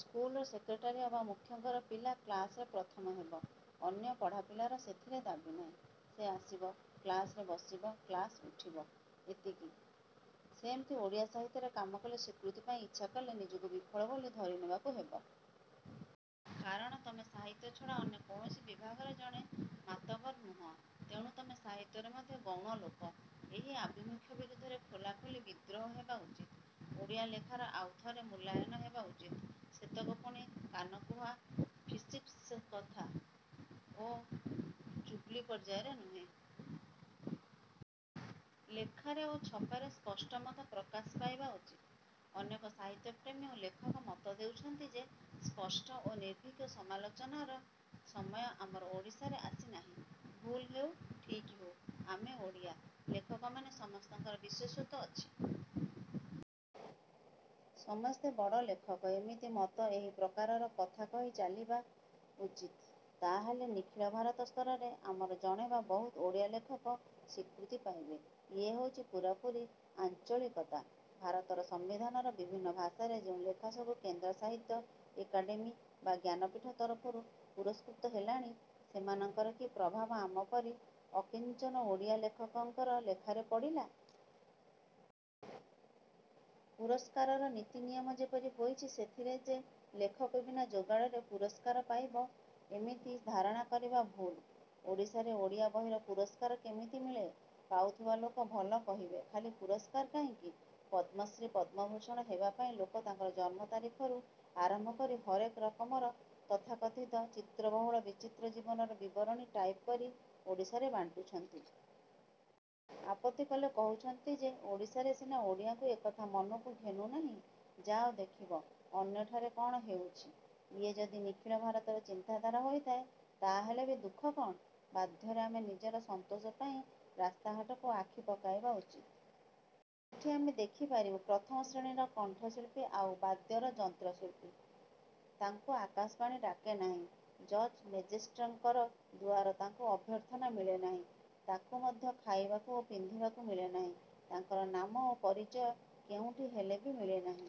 ସ୍କୁଲର ସେକ୍ରେଟାରୀ ଅବା ମୁଖ୍ୟଙ୍କର ପିଲା କ୍ଲାସରେ ପ୍ରଥମ ହେବ। ଅନ୍ୟ ପଢ଼ା ପିଲାର ସେଥିରେ ଦାବୀ ନାହିଁ। ସେ ଆସିବ–କ୍ଲାସରେ ବସିବ କ୍ଲାସ ଉଠିବ–ଏତିକି। ସେମିତି ଓଡ଼ିଆ ସାହିତ୍ୟରେ କାମ କଲେ ସ୍ୱୀକୃତି ପାଇଁ ଇଚ୍ଛା କଲେ ନିଜକୁ ବିଫଳ ବୋଲି ଧରିନେବାକୁ ହେବ। କାରଣ ତମେ ସାହିତ୍ୟ ଛଡ଼ା ଅନ୍ୟ କୌଣସି ବିଭାଗରେ ଜଣେ ମାତବ ନୁହଁ। ତେଣୁ ତମେ ସାହିତ୍ୟରେ ମଧ୍ୟ ଗୌଣ ଲୋକ। ଏହି ଆଭିମୁଖ୍ୟ ବିରୁଦ୍ଧରେ ଖୋଲାଖୋଲି ବିଦ୍ରୋହ ହେବା ଉଚିତ୍। ଓଡ଼ିଆ ଲେଖାର ଆଉ ଥରେ ମୂଲ୍ୟାୟନ ହେବା ଉଚିତ୍। ସେତକ ପୁଣି କାନକୁହା ଫିସ୍ଫିସ୍ କଥା ଓ ଚୁଗୁଲି ପର୍ଯ୍ୟାୟରେ ନୁହେଁ। ଲେଖାରେ ଓ ଛପାରେ ସ୍ପଷ୍ଟ ମତ ପ୍ରକାଶ ପାଇବା ଉଚିତ୍। ଅନେକ ସାହିତ୍ୟପ୍ରେମୀ ଓ ଲେଖକ ମତ ଦେଉଛନ୍ତି ଯେ ସ୍ପଷ୍ଟ ଓ ନିର୍ଭୀକ ସମାଲୋଚନାର ସମୟ ଆମର ଓଡ଼ିଶାରେ ଆସି ନାହିଁ। ଭୁଲ୍ ହେଉ ଠିକ୍ ହେଉ ଆମେ ଓଡ଼ିଆ ଲେଖକମାନେ ସମସ୍ତଙ୍କର ବିଶେଷତ୍ୱ ଅଛି। ସମସ୍ତେ ବଡ଼ ଲେଖକ–ଏମିତି ମତ ଏହି ପ୍ରକାରର କଥା କହି ଚାଲିବା ଉଚିତ୍। ତାହାହେଲେ ନିଖିଳ ଭାରତ ସ୍ତରରେ ଆମର ଜଣେ ବା ବହୁତ ଓଡ଼ିଆ ଲେଖକ ସ୍ୱୀକୃତି ପାଇବେ। ଇଏ ହେଉଛି ପୂରାପୂରି ଆଞ୍ଚଳିକତା। ଭାରତର ସମ୍ୱିଧାନର ବିଭିନ୍ନ ଭାଷାରେ ଯେଉଁ ଲେଖା ସବୁ କେନ୍ଦ୍ର ସାହିତ୍ୟ ଏକାଡେମି ବା ଜ୍ଞାନପୀଠ ତରଫରୁ ପୁରସ୍କୃତ ହେଲାଣି ସେମାନଙ୍କର କି ପ୍ରଭାବ ଆମପରି ଅକିଞ୍ଚନ ଓଡ଼ିଆ ଲେଖକଙ୍କର ଲେଖାରେ ପଡ଼ିଲା? ପୁରସ୍କାରର ନୀତି ନିୟମ ଯେପରି ହୋଇଛି ସେଥିରେ ଯେ ଲେଖକ ବିନା ଯୋଗାଡ଼ରେ ପୁରସ୍କାର ପାଇବ–ଏମିତି ଧାରଣା କରିବା ଭୁଲ୍। ଓଡ଼ିଶାରେ ଓଡ଼ିଆ ବହିର ପୁରସ୍କାର କେମିତି ମିଳେ–ପାଉଥିବା ଲୋକ ଭଲ କହିବେ। ଖାଲି ପୁରସ୍କାର କାହିଁକି ପଦ୍ମଶ୍ରୀ ପଦ୍ମଭୂଷଣ ହେବା ପାଇଁ ଲୋକ ତାଙ୍କର ଜନ୍ମ ତାରିଖରୁ ଆରମ୍ଭ କରି ହରେକ ରକମର ତଥାକଥିତ ଚିତ୍ରବହୁଳ ବିଚିତ୍ର ଜୀବନର ବିବରଣୀ ଟାଇପ କରି ଓଡ଼ିଶାରେ ବାଣ୍ଟୁଛନ୍ତି। ଆପତ୍ତି କଲେ କହୁଛନ୍ତି ଯେ ଓଡ଼ିଶାରେ ସିନା ଓଡ଼ିଆଙ୍କୁ ଏକଥା ମନକୁ ଘେନୁ ନାହିଁ। ଯାଅ ଦେଖିବ ଅନ୍ୟଠାରେ କ'ଣ ହେଉଛି? ଇଏ ଯଦି ନିଖିଳ ଭାରତର ଚିନ୍ତାଧାରା ହୋଇଥାଏ ତାହାହେଲେ ବି ଦୁଃଖ କ'ଣ? ବାଧ୍ୟରେ ଆମେ ନିଜର ସନ୍ତୋଷ ପାଇଁ ରାସ୍ତାଘାଟକୁ ଆଖି ପକାଇବା ଉଚିତ୍। ସେଠି ଆମେ ଦେଖି ପାରିବୁ ପ୍ରଥମ ଶ୍ରେଣୀର କଣ୍ଠଶିଳ୍ପୀ ଆଉ ବାଦ୍ୟର ଯନ୍ତ୍ର–ଶିଳ୍ପୀ। ତାଙ୍କୁ ଆକାଶବାଣୀ ଡାକେ ନାହିଁ। ଜଜ୍ ମେଜେଷ୍ଟରଙ୍କର ଦୁଆର ତାଙ୍କୁ ଅଭ୍ୟର୍ଥନା ମିଳେ ନାହିଁ। ତାକୁ ମଧ୍ୟ ଖାଇବାକୁ ଓ ପିନ୍ଧିବାକୁ ମିଳେ ନାହିଁ। ତାଙ୍କର ନାମ ଓ ପରିଚୟ କେଉଁଠି ହେଲେ ବି ମିଳେ ନାହିଁ।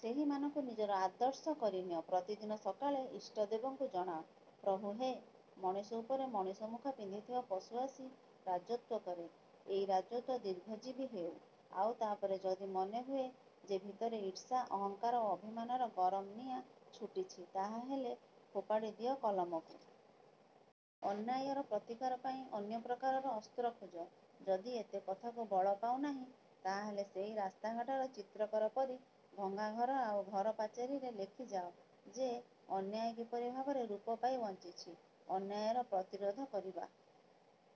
ସେହିମାନଙ୍କୁ ନିଜର ଆଦର୍ଶ କରି ନିଅ। ପ୍ରତିଦିନ ସକାଳେ ଇଷ୍ଟଦେବଙ୍କୁ ଜଣାଅ–ପ୍ରଭୁ ହେ! ମଣିଷ ଉପରେ ମଣିଷ ମୁଖା ପିନ୍ଧିଥିବା ପଶୁ ଆସି ରାଜତ୍ୱ କରେ। ଏଇ ରାଜତ୍ୱ ଦୀର୍ଘଜୀବୀ ହେଉ। ଆଉ ତା'ପରେ ଯଦି ମନେ ହୁଏ ଯେ ଭିତରେ ଈର୍ଷା, ଅହଙ୍କାର ଓ ଅଭିମାନର ଗରମ ନିଆଁ ଛୁଟିଛି ତାହାହେଲେ ଫୋପାଡ଼ି ଦିଅ କଲମକୁ। ଅନ୍ୟାୟର ପ୍ରତିକାର ପାଇଁ ଅନ୍ୟପ୍ରକାରର ଅସ୍ତ୍ର ଖୋଜ। ଯଦି ଏତେ କଥାକୁ ବଳପାଉ ନାହିଁ ତାହାହେଲେ ସେହି ରାସ୍ତାଘାଟର ଚିତ୍ରକର ପରି ଭଙ୍ଗା ଘର ଆଉ ଘର ପାଚେରିରେ ଲେଖି ଯାଅ ଯେ ଅନ୍ୟାୟ କିପରି ଭାବରେ ରୂପ ପାଇ ବଞ୍ଚିଛି-। ଅନ୍ୟାୟର ପ୍ରତିରୋଧ କରିବା